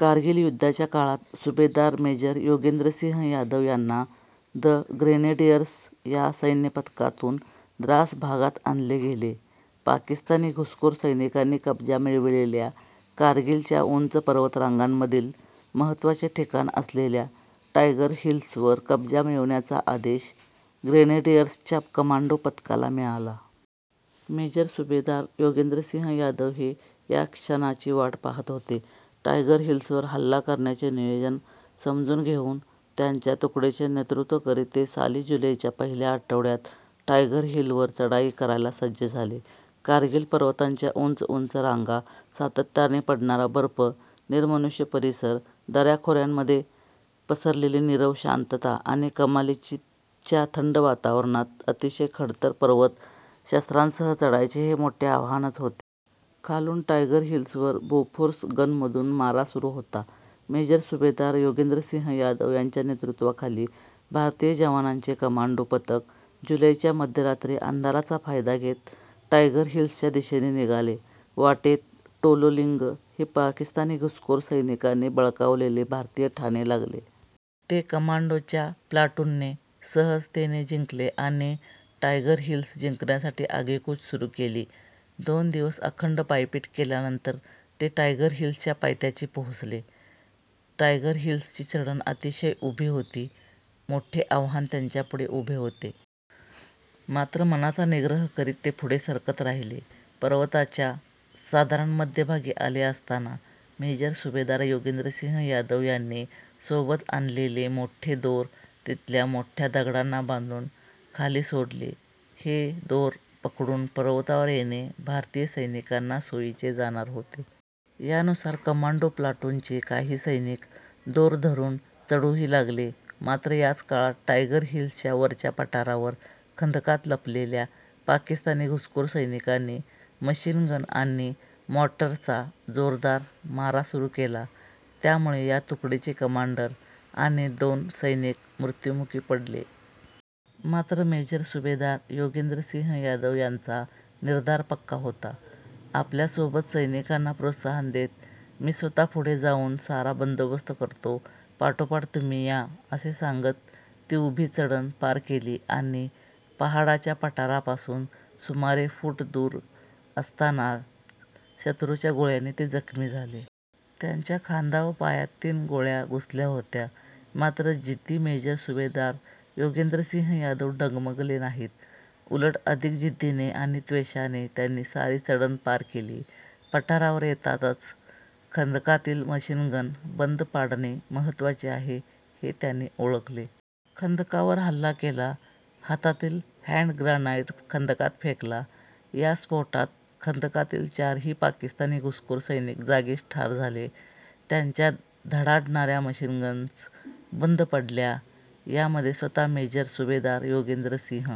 कारगिल युद्धाच्या काळात सुभेदार मेजर योगेंद्रसिंह यादव यांना ' द ग्रेनेडियर्स' या सैन्यपथकातून द्रास भागात आणले गेले. पाकिस्तानी घुसखोर सैनिकांनी कब्जा मिळवलेल्या कारगिलच्या उंच पर्वतरांगांमधील महत्त्वाचे ठिकाण असलेल्या टायगर हिल्सवर कब्जा मिळवण्याचा आदेश ग्रेनेडियर्सच्या कमांडो पथकाला मिळाला. मेजर सुभेदार योगेंद्रसिंह यादव हे याच क्षणाची वाट पाहत होते. टायगर हिल्सवर हल्ला करण्याचे नियोजन समजून घेऊन त्यांच्या तुकडीचे नेतृत्व करीत ते साली जुलैच्या पहिल्या आठवड्यात टायगर हिलवर चढाई करायला सज्ज झाले. कारगिल पर्वतांच्या उंच उंच रांगा, सातत्याने पडणारा बर्फ, निर्मनुष्य परिसर, दऱ्याखोऱ्यांमध्ये पसरलेली नीरव शांतता आणि कमालीच्या थंड वातावरणात अतिशय खडतर पर्वत, शस्त्रांसह चढायचे हे मोठे आव्हानच होते. खालून टायगर हिल्सवर बोफोर्स गनमधून मारा सुरू होता. मेजर सुभेदार योगेंद्र सिंह यादव यांच्या नेतृत्वाखाली भारतीय जवानांचे कमांडो पथक जुलैच्या मध्यरात्री अंधाराचा फायदा घेत टायगर हिल्सच्या दिशेने निघाले. वाटेत 'टोलोलिंग' हे पाकिस्तानी घुसखोर सैनिकांनी बळकावलेले भारतीय ठाणे लागले. ते कमांडोंच्या प्लॅटूनने सहजतेने जिंकले आणि टायगर हिल्स जिंकण्यासाठी आगेकूच सुरू केली. दोन दिवस अखंड पायपीट केल्यानंतर ते टायगर हिल्सच्या पायथ्याशी पोहोचले. टायगर हिल्सची चढण अतिशय उभी होती. मोठे आव्हान त्यांच्यापुढे उभे होते. मात्र मनाचा निग्रह करीत ते पुढे सरकत राहिले. पर्वताच्या साधारण मध्यभागी आले असताना मेजर सुभेदार योगेंद्रसिंह यादव यांनी सोबत आणलेले मोठे दोर तिथल्या मोठ्या दगडांना बांधून खाली सोडले. हे दोर पकडून पर्वतावर येणे भारतीय सैनिकांना सोयीचे जाणार होते. यानुसार कमांडो प्लॅटूनचे काही सैनिक दोर धरून चढूही लागले. मात्र याच काळात टायगर हिल्सच्या वरच्या पठारावर खंदकात लपलेल्या पाकिस्तानी घुसखोर सैनिकांनी मशीनगन आणि मॉर्टरचा जोरदार मारा सुरू केला. त्यामुळे या तुकडीचे कमांडर आणि दोन सैनिक मृत्युमुखी पडले. मात्र मेजर सुभेदार योगेंद्रसिंह यादव यांचा निर्धार पक्का होता. आपल्या सोबत सैनिकांना प्रोत्साहन देत, "मी स्वतः पुढे जाऊन सारा बंदोबस्त करतो, पाठोपाठ तुम्ही या" असे सांगत ती उभी चढण पार केली. आणि पहाडाच्या पठारापासून सुमारे फूट दूर असतानाच शत्रूंच्या गोळ्यांनी ते जखमी झाले. त्यांच्या खांदा व पायात तीन गोळ्या घुसल्या होत्या. मात्र जिद्दी मेजर सुभेदार योगेंद्रसिंह यादव डगमगले नाहीत. उलट अधिक जिद्दीने आणि त्वेषाने त्यांनी सारी चढण पार केली. पठारावर येतातच खंडकातील मशीनगन बंद पाडणे महत्त्वाचे आहे, हे त्यांनी ओळखले. खंदकावर हल्ला केला. हातातील हॅन्ड ग्रॅनाईट खंदकात फेकला. या स्फोटात खंदकातील चारही पाकिस्तानी घुसखोर सैनिक जागीच ठार झाले. त्यांच्या धडाडणाऱ्या मशीनगन्स बंद पडल्या. यामध्ये स्वतः मेजर सुभेदार योगेंद्रसिंह